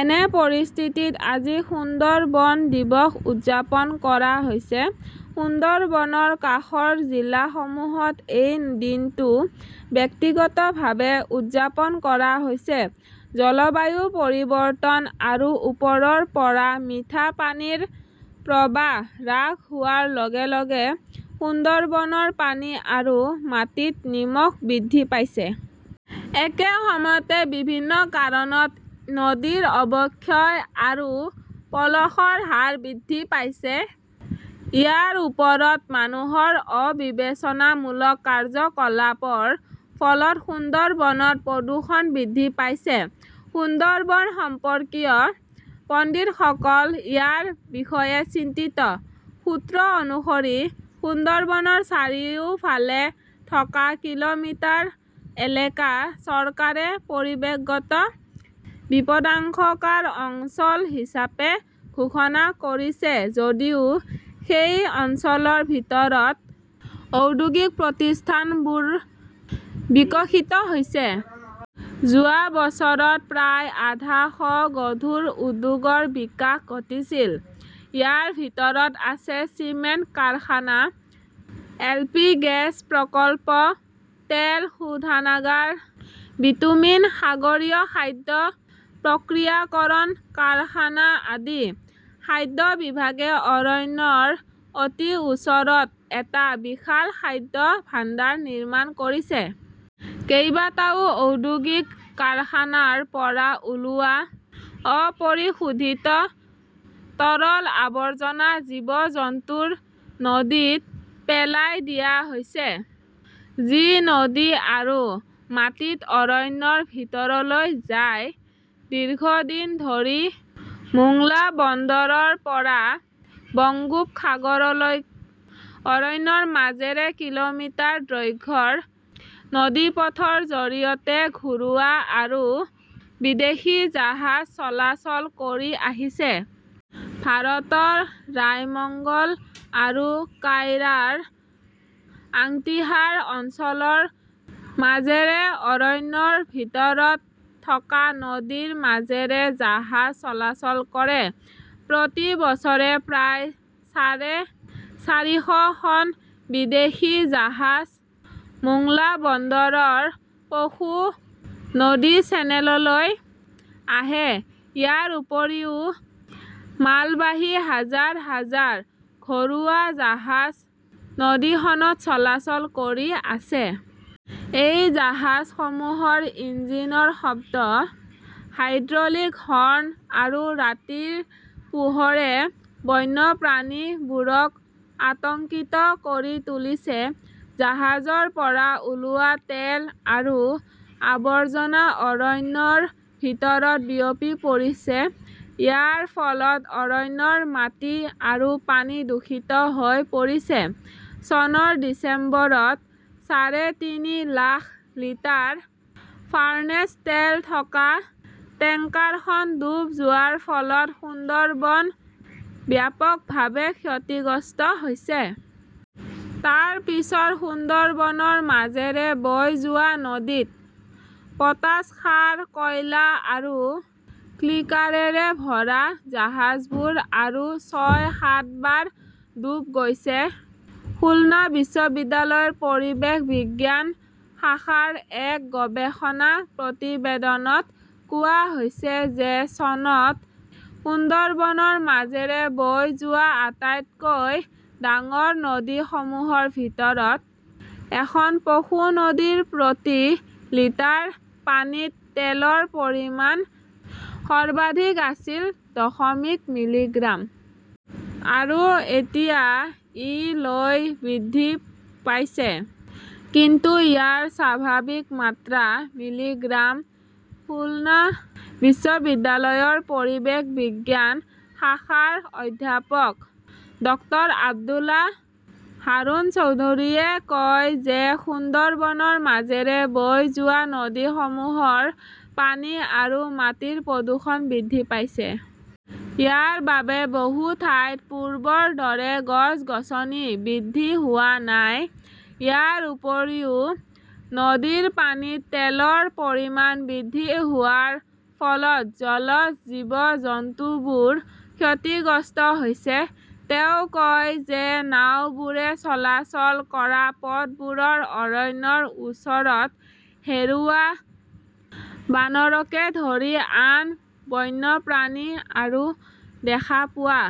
এনে পৰিস্থিতিত আজি সুন্দৰবন দিৱস উদযাপন কৰা হৈছে। সুন্দৰবনৰ কাষৰ জিলাসমূহত এই দিনটো ব্যক্তিগতভাৱে উদযাপন কৰা হৈছে। জলবায়ু পৰিৱৰ্তন আৰু ওপৰৰ পৰা মিঠা পানীৰ প্ৰৱাহ হ্ৰাস হোৱাৰ লগে লগে সুন্দৰবনৰ পানী আৰু মাটিত নিমখ বৃদ্ধি পাইছে। একে সময়তে, বিভিন্ন কাৰণত নদীৰ অৱক্ষয় আৰু পলসৰ হাৰ বৃদ্ধি পাইছে। ইয়াৰ ওপৰত মানুহৰ অবিবেচনামূলক কাৰ্যকলাপৰ ফলত সুন্দৰবনত প্ৰদূষণ বৃদ্ধি পাইছে। সুন্দৰবন সম্পৰ্কীয় পণ্ডিতসকল ইয়াৰ বিষয়ে চিন্তিত। সূত্ৰ অনুসৰি, সুন্দৰবনৰ চাৰিওফালে থকা কিলোমিটাৰ এলেকা চৰকাৰে পৰিৱেশগত বিপদাশংকাৰ অঞ্চল হিচাপে ঘোষণা কৰিছে যদিও সেই অঞ্চলৰ ভিতৰত ঔদ্যোগিক প্ৰতিষ্ঠানবোৰ বিকশিত হৈছে। যোৱা বছৰত প্ৰায় আধা শ গধুৰ উদ্যোগৰ বিকাশ ঘটিছিল। ইয়াৰ ভিতৰত আছে চিমেণ্ট কাৰখানা, এলপি গেছ প্ৰকল্প, তেল শোধনাগাৰ, বিটুমিন, সাগৰীয় খাদ্য প্ৰক্ৰিয়াকৰণ কাৰখানা আদি। খাদ্য বিভাগে অৰণ্যৰ অতি ওচৰত এটা বিশাল খাদ্য ভাণ্ডাৰ নিৰ্মাণ কৰিছে। কেইবাটাও ঔদ্যোগিক কাৰখানাৰ পৰা ওলোৱা অপৰিশোধিত তৰল আৱৰ্জনা জীৱ-জন্তুৰ নদীত পেলাই দিয়া হৈছে, যি নদী আৰু মাটিত অৰণ্যৰ ভিতৰলৈ যায়। দীৰ্ঘদিন ধৰি মোংলা বন্দৰৰ পৰা বংগোপসাগৰলৈ অৰণ্যৰ মাজেৰে কিলোমিটাৰ দৈৰ্ঘ্যৰ নদীপথৰ জৰিয়তে ঘৰুৱা আৰু বিদেশী জাহাজ চলাচল কৰি আহিছে। ভাৰতৰ ৰায়মঙ্গল আৰু কইৰাৰ আংটিহাৰা অঞ্চলৰ মাজেৰে অৰণ্যৰ ভিতৰত থকা নদীৰ মাজেৰে জাহাজ চলাচল কৰে। প্ৰতি বছৰে প্ৰায় চাৰে চাৰিশখন বিদেশী জাহাজ মোংলা বন্দৰৰ পশু নদী চেনেললৈ আহে। ইয়াৰ উপৰিও, মালবাহী হাজাৰ হাজাৰ ঘৰুৱা জাহাজ নদীখনত চলাচল কৰি আছে। এই জাহাজসমূহৰ ইঞ্জিনৰ শব্দ, হাইড্ৰলিক হৰ্ণ আৰু ৰাতিৰ পোহৰে বন্যপ্ৰাণীবোৰক আতংকিত কৰি তুলিছে। জাহাজৰ পৰা ওলোৱা তেল আৰু আৱৰ্জনা অৰণ্যৰ ভিতৰত বিয়পি পৰিছে। ইয়াৰ ফলত অৰণ্যৰ মাটি আৰু পানী দূষিত হৈ পৰিছে। চনৰ ডিচেম্বৰত চাৰে তিনি লাখ লিটাৰ ফাৰ্নেচ তেল থকা টেংকাৰখন ডুব যোৱাৰ ফলত সুন্দৰবন ব্যাপকভাৱে ক্ষতিগ্ৰস্ত হৈছিল। তাৰ পিছত সুন্দৰবনৰ মাজেৰে বৈ যোৱা নদীত পটাছ সাৰ, কয়লা আৰু ক্লিঙ্কাৰৰে ভৰা জাহাজবোৰ আৰু ছয়-সাতবাৰ ডুব গৈছিল। খুলনা বিশ্ববিদ্যালয়ৰ পৰিৱেশ বিজ্ঞান শাখাৰ এক গৱেষণা প্ৰতিবেদনত কোৱা হৈছে যে চনত সুন্দৰবনৰ মাজেৰে বৈ যোৱা আটাইতকৈ ডাঙৰ নদীসমূহৰ ভিতৰত এখন পশু নদীৰ প্ৰতি লিটাৰ পানীত তেলৰ পৰিমাণ সৰ্বাধিক আছিল দশমিক মিলিগ্ৰাম। আৰু এতিয়া ই লৈ বৃদ্ধি পাইছে। কিন্তু ইয়াৰ স্বাভাৱিক মাত্ৰা মিলিগ্ৰাম। খুলনা বিশ্ববিদ্যালয়ৰ পৰিৱেশ বিজ্ঞান শাখাৰ অধ্যাপক ডক্টৰ আব্দুল্লাহ হাৰুন চৌধুৰীয়ে কয় যে সুন্দৰবনৰ মাজেৰে বৈ যোৱা নদীসমূহৰ পানী আৰু মাটিত প্ৰদূষণ বৃদ্ধি পাইছে। ইয়াৰ বাবেই বহু ঠাইত পূৰ্বৰ দৰে গছ-গছনি বৃদ্ধি হোৱা নাই। ইয়াৰ উপৰিও নদীৰ পানীত তেলৰ পৰিমাণ বৃদ্ধি হোৱাৰ ফলত জলজ জীৱ-জন্তুবোৰ ক্ষতিগ্ৰস্ত হৈছে। তেওঁ কয় যে নাওবোৰে চলাচল কৰা পথবোৰৰ অৰণ্যৰ ওচৰত হেৰুৱা, বানৰকে ধৰি আন বন্যপ্ৰাণী আৰু দেখা পোৱা